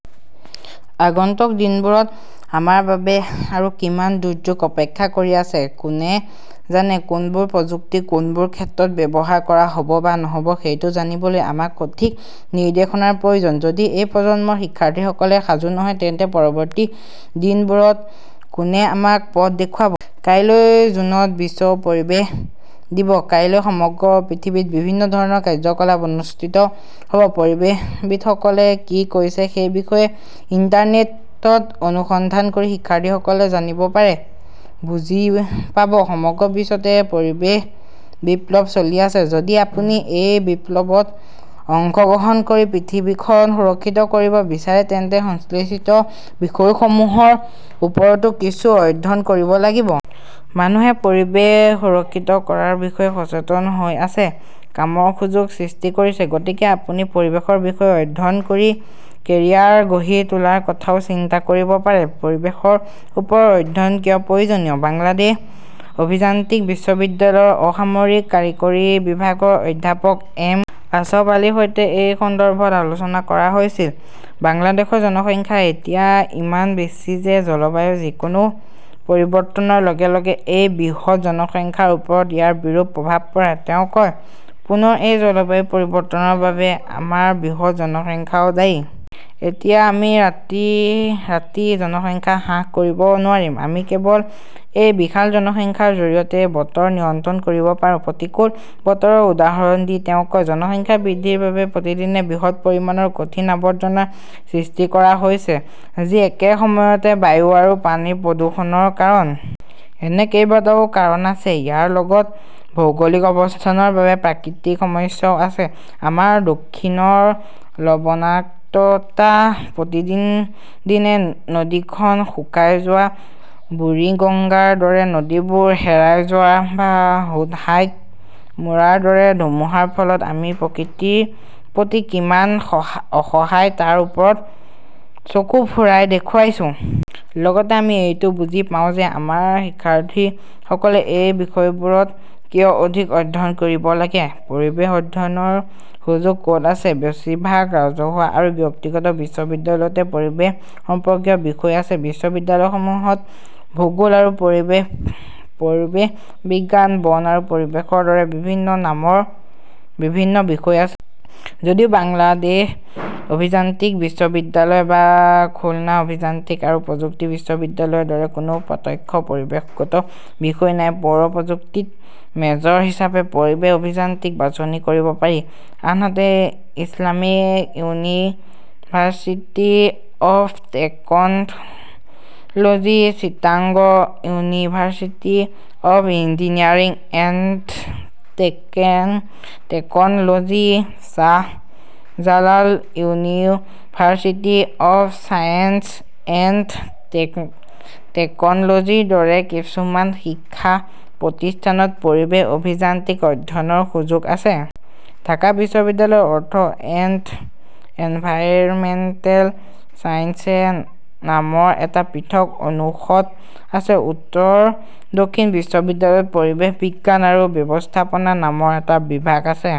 আগন্তুক দিনবোৰত আমাৰ বাবে আৰু কিমান দুৰ্যোগ অপেক্ষা কৰি আছে, কোনে জানে! কোনবোৰ প্ৰযুক্তি কোনবোৰ ক্ষেত্ৰত ব্যৱহাৰ কৰা হব বা নহব সেইটো জানিবলৈ আমাক সঠিক নিৰ্দেশনাৰ প্ৰয়োজন। যদি এই প্ৰজন্মৰ শিক্ষাৰ্থীসকলে সাজু নহয়, তেন্তে পৰৱৰ্তী দিনবোৰত কোনে আমাক পথ দেখুৱাব? কাইলৈ জুনত বিশ্ব পৰিৱেশ দিৱস। কাইলৈ সমগ্ৰ পৃথিৱীত বিভিন্ন ধৰণৰ কাৰ্যকলাপ অনুষ্ঠিত হব। পৰিৱেশবিদসকলে কি কৈছে সেই বিষয়ে ইণ্টাৰনেটত অনুসন্ধান কৰি শিক্ষাৰ্থীসকলে জানিব পাৰে। বুজি পাব, সমগ্ৰ বিশ্বতে পৰিৱেশ-বিপ্লৱ চলি আছে। যদি আপুনি এই বিপ্লৱত অংশগ্ৰহণ কৰি পৃথিৱীখন সুৰক্ষিত কৰিব বিচাৰে তেন্তে সংশ্লিষ্ট বিষয়সমূহৰ ওপৰতো কিছু অধ্যয়ন কৰিব লাগিব। মানুহে পৰিৱেশ সুৰক্ষিত কৰাৰ বিষয়ে সচেতন হৈ আছে, কামৰ সুযোগ সৃষ্টি কৰিছে। গতিকে আপুনি পৰিৱেশৰ বিষয়ে অধ্যয়ন কৰি কেৰিয়াৰ গঢ়ি তোলাৰ কথাও চিন্তা কৰিব পাৰে। পৰিৱেশৰ ওপৰত অধ্যয়ন কিয় প্ৰয়োজনীয়? বাংলাদেশ অভিযান্ত্ৰিক বিশ্ববিদ্যালয়ৰ অসামৰিক কাৰিকৰী বিভাগৰ অধ্যাপক এম. আশ্ৰফ আলীৰ সৈতে এই সন্দৰ্ভত আলোচনা কৰা হৈছিল। "বাংলাদেশৰ জনসংখ্যা এতিয়া ইমান বেছি যে জলবায়ুৰ যিকোনো পৰিৱৰ্তনৰ লগে লগে এই বৃহৎ জনসংখ্যাৰ ওপৰত ইয়াৰ বিৰূপ প্ৰভাৱ পৰে", তেওঁ কয়। পুনৰ এই জলবায়ু পৰিৱৰ্তনৰ বাবে আমাৰ বৃহৎ জনসংখ্যাও দায়ী। এতিয়া আমি ৰাতিৰাতি জনসংখ্যা হ্ৰাস কৰিব নোৱাৰিম। আমি কেৱল এই বিশাল জনসংখ্যাৰ জৰিয়তে বতৰ নিয়ন্ত্ৰণ কৰিব পাৰোঁ। "প্ৰতিকূল বতৰৰ উদাহৰণ দি তেওঁ কয়", "জনসংখ্যা বৃদ্ধিৰ বাবে প্ৰতিদিনে বৃহৎ পৰিমাণৰ" "কঠিন আৱৰ্জনা" "সৃষ্টি কৰা হৈছে, যি একে সময়তে বায়ু আৰু পানীৰ প্ৰদূষণৰ কাৰণ। " এনে কেইবাটাও কাৰণ আছে। ইয়াৰ লগত ভৌগোলিক অৱস্থানৰ বাবে প্ৰাকৃতিক সমস্যাও আছে। আমাৰ দক্ষিণৰ লবণাক্ততা, প্ৰতিদিনে নদীখন শুকাই যোৱা, বুৰিগঙ্গাৰ দৰে নদীবোৰ হেৰাই যোৱা বা হুটহাট "মোৰাৰ দৰে ধুমুহাৰ ফলত আমি প্ৰকৃতিৰ প্ৰতি কিমান অসহায় তাৰ ওপৰত চকু ফুৰাই দেখুৱাইছো। লগতে আমি এইটোও বুজি পাওঁ যে আমাৰ শিক্ষাৰ্থীসকলে এই বিষয়বোৰত কিয় অধিক অধ্যয়ন কৰিব লাগিব। "পৰিৱেশ অধ্যয়নৰ সুযোগ ক’ত আছে? বেছিভাগ ৰাজহুৱা আৰু ব্যক্তিগত বিশ্ববিদ্যালয়তে পৰিৱেশ সম্পৰ্কীয় বিষয় আছে। বিশ্ববিদ্যালয়সমূহত ভূগোল আৰু পৰিৱেশ, পৰিৱেশ বিজ্ঞান, বন আৰু পৰিৱেশৰ দৰে বিভিন্ন নামৰ বিভিন্ন বিষয় আছে। যদিও বাংলাদেশ অভিযান্ত্ৰিক বিশ্ববিদ্যালয় বা খুলনা অভিযান্ত্ৰিক আৰু প্ৰযুক্তি বিশ্ববিদ্যালয়ৰ দৰে কোনো প্ৰত্যক্ষ পৰিৱেশগত বিষয় নাই, পৌৰ প্ৰযুক্তিত মেজৰ হিচাপে 'পৰিৱেশ অভিযান্ত্ৰিক' বাছনি কৰিব পাৰি। আনহাতে, Islamic university of 'technology, Chittagong university of engineering and technology, Shahjalal university of science and টেকন 'লজিৰ দৰে কিছুমান শিক্ষা প্ৰতিষ্ঠানত পৰিৱেশ অভিযান্ত্ৰিক অধ্যয়নৰ সুযোগ আছে। ঢাকা বিশ্ববিদ্যালয়ৰ অৰ্থ এণ্ড এনভাইৰনমেণ্টেল ছায়েন্স নামৰ এটা পৃথক অনুষদ আছে। উত্তৰ দক্ষিণ বিশ্ববিদ্যালয়ত পৰিৱেশ বিজ্ঞান আৰু ব্যৱস্থাপনা নামৰ এটা বিভাগ আছে।